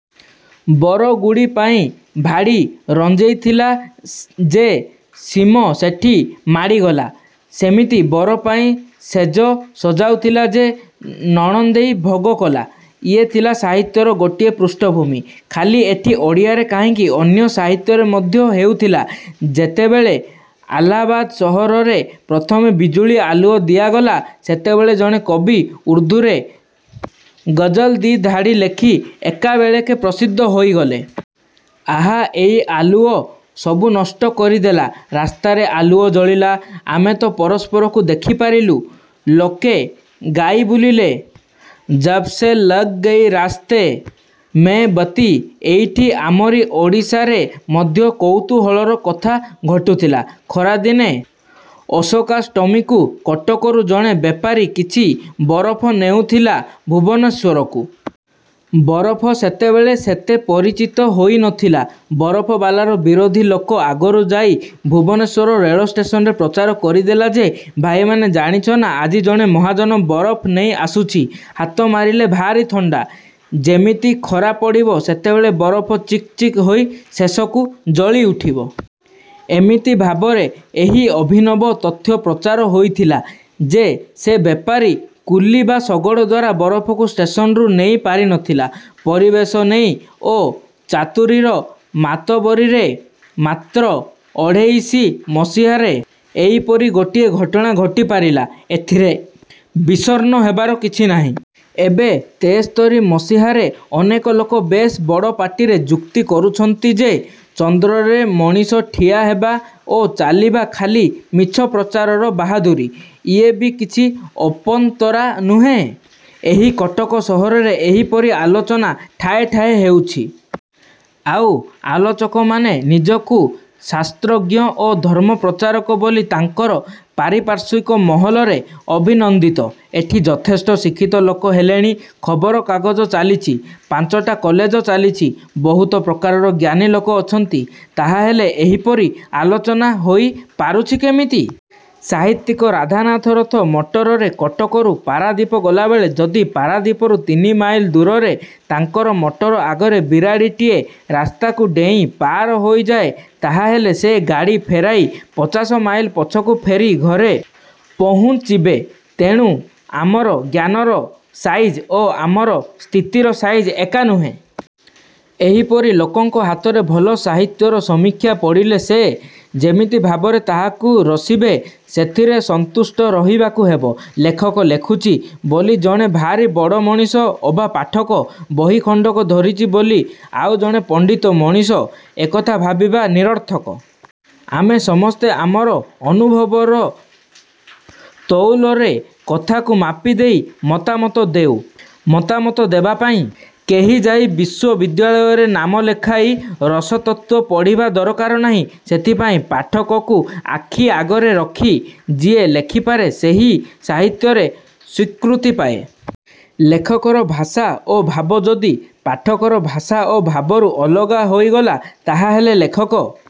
ବରଗୁଡ଼ି ପାଇଁ ଭାଡ଼ି ରଞ୍ଜେଇଥିଲା ଯେ ସୀମ ସେଠି ମାଡ଼ିଗଲା। ସେମିତି ବରପାଇଁ ଶେଜ ସଜାଉଥିଲା ଯେ ନଣନ୍ଦେଇ ଭୋଗ କଲା। ଇଏ ଥିଲା ସାହିତ୍ୟର ଗୋଟିଏ ପୃଷ୍ଠଭୂମି। ଖାଲି ଏଠି ଓଡ଼ିଆରେ କାହିଁକି ଅନ୍ୟ ସାହିତ୍ୟରେ ମଧ୍ୟ ହେଉଥିଲା ଯେତେବେଳେ ଆଲାହାବାଦ ସହରରେ ପ୍ରଥମେ ବିଜୁଳି ଆଲୁଅ ଦିଆଗଲା ସେତେବେଳେ ଜଣେ କବି ଉର୍ଦ୍ଦୁରେ ଗଜଲ୍ ଦି'ଧାଡ଼ି ଲେଖି ଏକାବେଳେକେ ପ୍ରସିଦ୍ଧ ହୋଇଗଲେ। ଆହା, ଏଇ ଆଲୁଅ ସବୁ ନଷ୍ଟ କରିଦେଲା। ରାସ୍ତାରେ ଆଲୁଅ ଜଳିଲା। ଆମେ ତ ପରସ୍ପରକୁ ଦେଖି ପାରିଲୁ। ଲୋକେ ଗାଇ ବୁଲିଲେ। -ଯବ୍ ସେ ଲଗ୍ ଗୟୀ ରାସ୍ତେ ମେ ବତୀ ଏଇଠି ଆମରି ଓଡ଼ିଶାରେ ମଧ୍ୟ କୌତୁହଳର କଥା ଘଟୁଥିଲା। ଖରାଦିନେ ଅଶୋକାଷ୍ଟମୀକୁ କଟକରୁ ଜଣେ ବେପାରି କିଛି ବରଫ ନେଉଥିଲା ଭୁବନେଶ୍ୱରକୁ। ବରଫ ସେତେବେଳେ ସେତେ ପରିଚିତ ହୋଇ ନ ଥିଲା। ବରଫବାଲାର ବିରୋଧି ଲୋକ ଆଗରୁ ଯାଇ ଭୁବନେଶ୍ୱର ରେଳଷ୍ଟେସନରେ ପ୍ରଚାର କରି ଦେଲା ଯେ-ଭାଇମାନେ ଜାଣିଛ ନା ଆଜି ଜଣେ ମହାଜନ ବରଫ୍ ନେଇ ଆସୁଛି। ହାତ ମାରିଲେ ଭାରି ଥଣ୍ତା। ଯେମିତି ଖରା ପଡ଼ିବ ସେତେବେଳେ ବରଫ ଚିକ୍ ଚିକ୍ ହୋଇ ଶେଷକୁ ଜଳି ଉଠିବ। ଏମିତି ଭାବରେ ଏହି ଅଭିନବ ତଥ୍ୟ ପ୍ରଚାର ହୋଇଥିଲା ଯେ ସେ ବେପାରୀ କୁଲି ବା ଶଗଡ଼ ଦ୍ୱାରା ବରଫକୁ ଷ୍ଟେସନରୁ ନେଇ ପାରି ନଥିଲା। ପରିବେଶ ନେଇ ଓ ଚାତୁରୀର ମାତବରୀରେ ମାତ୍ର ଅଠେଇଶି ମସିହାରେ ଏଇପରି ଗୋଟିଏ ଘଟଣା ଘଟିପାରିଲା। ଏଥିରେ ବିଷର୍ଣ୍ଣ ହେବାର କିଛି ନାହିଁ। ଏବେ ତେସ୍ତରୀ ମସିହାରେ ଅନେକ ଲୋକ ବେଶ୍ ବଡ଼ ପାଟିରେ ଯୁକ୍ତି କରୁଛନ୍ତି ଯେ ଚନ୍ଦ୍ରରେ ମଣିଷ ଠିଆ ହେବା ଓ ଚାଲିବା ଖାଲି ମିଛ ପ୍ରଚାରର ବାହାଦୁରୀ। ଇଏ ବି କିଛି ଅପନ୍ତରା ନୁହେଁ। ଏହି କଟକ ସହରରେ ଏହିପରି ଆଲୋଚନା ଠାଏ ଠାଏ ହେଉଛି। ଆଉ ଆଲୋଚକମାନେ ନିଜକୁ ଶାସ୍ତ୍ରଜ୍ଞ ଓ ଧର୍ମପ୍ରଚାରକ ବୋଲି ତାଙ୍କର ପାରିପାର୍ଶ୍ୱିକ ମହଲରେ ଅଭିନନ୍ଦିତ। ଏଠି ଯଥେଷ୍ଟ ଶିକ୍ଷିତ ଲୋକ ହେଲେଣି। ଖବର କାଗଜ ଚାଲିଛି। ପାଞ୍ଚଟା କଲେଜ ଚାଲିଛି। ବହୁତ ପ୍ରକାରର ଜ୍ଞାନୀ ଲୋକ ଅଛନ୍ତି। ତାହାହେଲେ ଏହିପରି ଆଲୋଚନା ହୋଇ ପାରୁଛି କେମିତି? ସାହିତ୍ୟିକ ରାଧାନାଥ ରଥ ମଟରରେ କଟକରୁ ପାରାଦୀପ ଗଲାବେଳେ ଯଦି ପାରାଦୀପରୁ ତିନି ମାଇଲ ଦୂରରେ ତାଙ୍କର ମଟର ଆଗରେ ବିରାଡ଼ିଟିଏ ରାସ୍ତାକୁ ଡେଇଁ ପାର ହୋଇଯାଏ ତାହାହେଲେ ସେ ଗାଡ଼ି ଫେରାଇ ପଚାଶ ମାଇଲ ପଛକୁ ଫେରି ଘରେ ପହୁଞ୍ଚିବେ। ତେଣୁ ଆମର ଜ୍ଞାନର ସାଇଜ ଓ ଆମର ସ୍ଥିତିର ସାଇଜ ଏକା ନୁହେଁ। ଏହିପରି ଲୋକଙ୍କ ହାତରେ ଭଲ ସାହିତ୍ୟର ସମୀକ୍ଷା ପଡ଼ିଲେ ସେ ଯେମିତି ଭାବରେ ତାହାକୁ ରସିବେ ସେଥିରେ ସନ୍ତୁଷ୍ଟ ରହିବାକୁ ହେବ। ଲେଖକ ଲେଖୁଛି ବୋଲି ଜଣେ ଭାରି ବଡ଼ ମଣିଷ ଅବା ପାଠକ ବହିଖଣ୍ତିକ ଧରିଛି ବୋଲି ଆଉ ଜଣେ ପଣ୍ତିତ ମଣିଷ-ଏକଥା ଭାବିବା ନିରର୍ଥକ। ଆମେ ସମସ୍ତେ ଆମର ଅନୁଭବର ତଉଲରେ କଥାକୁ ମାପି ଦେଇ ମତାମତ ଦେଉ। ମତାମତ ଦେବା ପାଇଁ କେହି ଯାଇ ବିଶ୍ୱବିଦ୍ୟାଳୟରେ ନାମ ଲେଖାଇ ରସ-ତତ୍ତ୍ୱ ପଢ଼ିବା ଦରକାର ନାହିଁ। ସେଥିପାଇଁ ପାଠକକୁ ଆଖି ଆଗରେ ରଖି ଯିଏ ଲେଖିପାରେ ସେହି ସାହିତ୍ୟରେ ସ୍ୱୀକୃତି ପାଏ। ଲେଖକର ଭାଷା ଓ ଭାବ ଯଦି। ପାଠକର ଭାଷା ଓ ଭାବରୁ ଅଲଗା ହୋଇଗଲା ତାହାହେଲେ ଲେଖକ